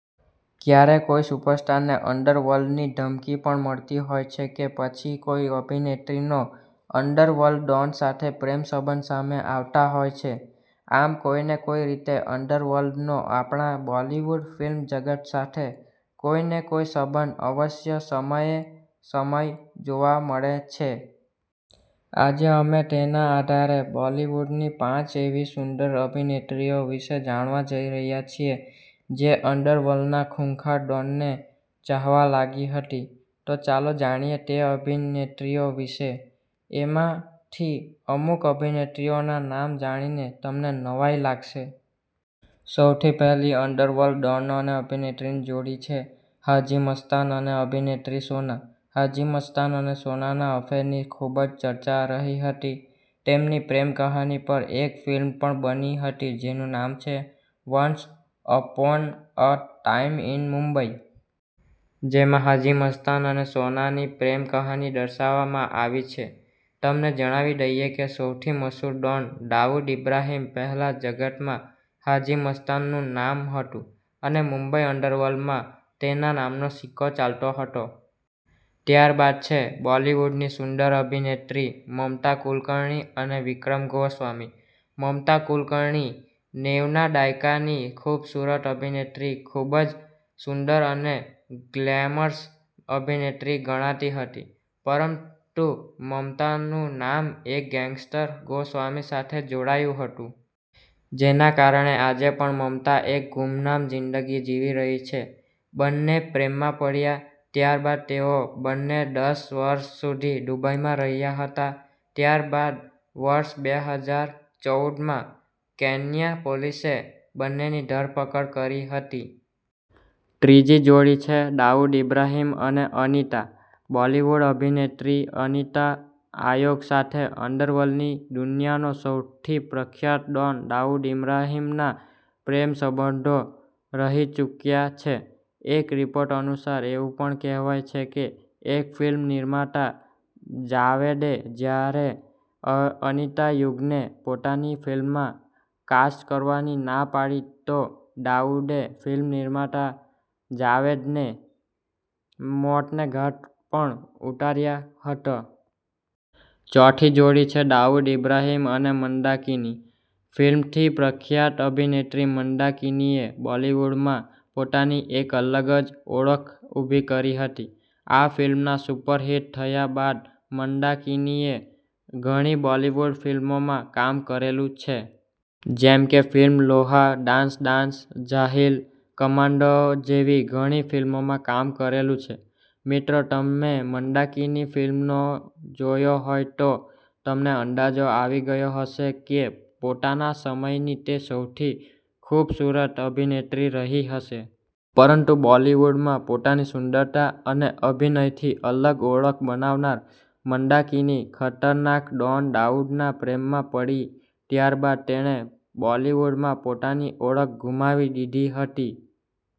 ક્યારે કોઈ સુપરસ્ટાર ને અંડરવર્લ્ડની ધમકી પણ મળતી હોય છે કે પછી કોઈ અભિનેત્રી નો અન્ડરવર્લ્ડ ડોન સાથે પ્રેમ સંબંધ સામે આવતા હોય છે. આમ કોઈને કોઈ રીતે અંડરવર્લ્ડનો આપણા બોલિવૂડ ફિલ્મ જગત સાથે કોઈ ને કોઈ સંબંધ અવશ્ય સમયે સમય જોવા મળે છે. આજે અમે તેના આધારે બોલીવુડની પાંચ એવી સુંદર અભિનેત્રીઓ વિશે જણાવવા જઈ રહ્યા છીએ જે અંડરવર્લ્ડના ખૂંખાર ડોન ને ચાહવા લાગી હતી. તો ચાલો જાણીએ તે અભિનેત્રીઓ વિશે. એમાંથી અમુક અભિનેત્રીઓના નામ જાણીને તમને નવાઈ લાગશે. સૌથી પહેલી અંડરવર્લ્ડ ડોન અને અભિનેત્રીની જોડી છે, હાજી મસ્તાન અને અભિનેત્રી સોના. હાજી મસ્તાન અને સોનાના અફેરની ખૂબ જ ચર્ચા રહી હતી. તેમની પ્રેમ કહાની પર એક ફિલ્મ પણ બની હતી જેનું નામ છે," once upon a time in Mumbai". જેમાં હાજી મસ્તાન અને સોનાની પ્રેમ કહાની દર્શાવવામાં આવી છે. તમને જણાવી દઈએ કે સૌથી મસુર ડોન દાઉદ ઈબ્રાહીમ પહેલા જગતમાં હાજી મસ્તાન નું નામ હતું અને મુંબઇ અંડરવર્લ્ડમાં તેના નામનો સિક્કો ચાલતો હતો. ત્યારબાદ છે બોલિવૂડની સુંદર અભિનેત્રી મમતા કુલકર્ણી અને વિક્રમ ગોસ્વામી. મમતા કુલકર્ણી નેવ ના દાયકાની ખૂબસૂરત અભિનેત્રી ખૂબ જ સુંદર અને ગ્લેમરસ અભિનેત્રી ગણાતી હતી. પરંતુ મમતાનું નામ એક ગેંગસ્ટર ગોસ્વામી સાથે જોડાયું હતું. જેના કારણે આજે પણ મમતા એક ગુમનામ જીંદગી જીવી રહી છે. બન્ને પ્રેમમાં પડ્યા ત્યારબાદ તેઓ બંને દસ વર્ષ સુધી દુબઈમાં રહ્યા હતા ત્યારબાદ વર્ષ બે હજાર ચૌદમાં કેન્યા પોલીસે બંનેની ધરપકડ કરી હતી. ત્રીજી જોડી છે દાઉદ ઈબ્રાહીમ અને અનિતા. બોલિવૂડ અભિનેત્રી અનિતા આયોગ સાથે અંડરર્લ્ડ ની દુનિયા નો સૌથી પ્રખ્યાત ડોન દાઉદ ઈબ્રાહિમના પ્રેમસંબંધો રહી ચૂક્યા છે. એક રિપોર્ટ અનુસાર એવું પણ કહેવાય છે કે એક ફિલ્મ નિર્માતા જાવેદે જ્યારે અનિતા યુગને પોતાની ફિલ્મમાં કાસ્ટ કરવાની ના પાડી તો દાઉદે ફિલ્મનિર્માતા જાવેદને મોતને ઘાટ પણ ઉતાર્યો હતો. ચોથી જોડી છે દાઉદ ઈબ્રાહીમ અને મંદાકિની. ફિલ્મ થી પ્રખ્યાત અભિનેત્રી મંદાકિનીએ બોલિવૂડમાં પોતાની એક અલગ જ ઓળખ ઊભી કરી હતી. આ ફિલ્મના સુપર હિટ થયા બાદ મંદાકિની એ ઘણી બોલિવૂડ ફિલ્મોમાં કામ કરેલું છે. જેમકે ફિલ્મ લોહા, ડાન્સ ડાન્સ, જાહિલ, કમાન્ડો જેવી ઘણી ફિલ્મોમાં કામ કરેલું છે. મિત્રો તમે મંદાકિની ફિલ્મનો જોયો હોય તો તમને અંદાજો આવી ગયો હશે કે પોતાના સમયની તે સૌથી ખૂબસૂરત અભિનેત્રી રહી હશે. પરંતુ બોલિવૂડમાં પોતાની સુંદરતા અને અભિનયથી અલગ ઓળખ બનાવનાર મંદાકિની ખતરનાક ડોન દાઉદના પ્રેમમાં પડી ત્યારબાદ તેણે બોલિવૂડમાં પોતાની ઓળખ ગુમાવી દીધી હતી.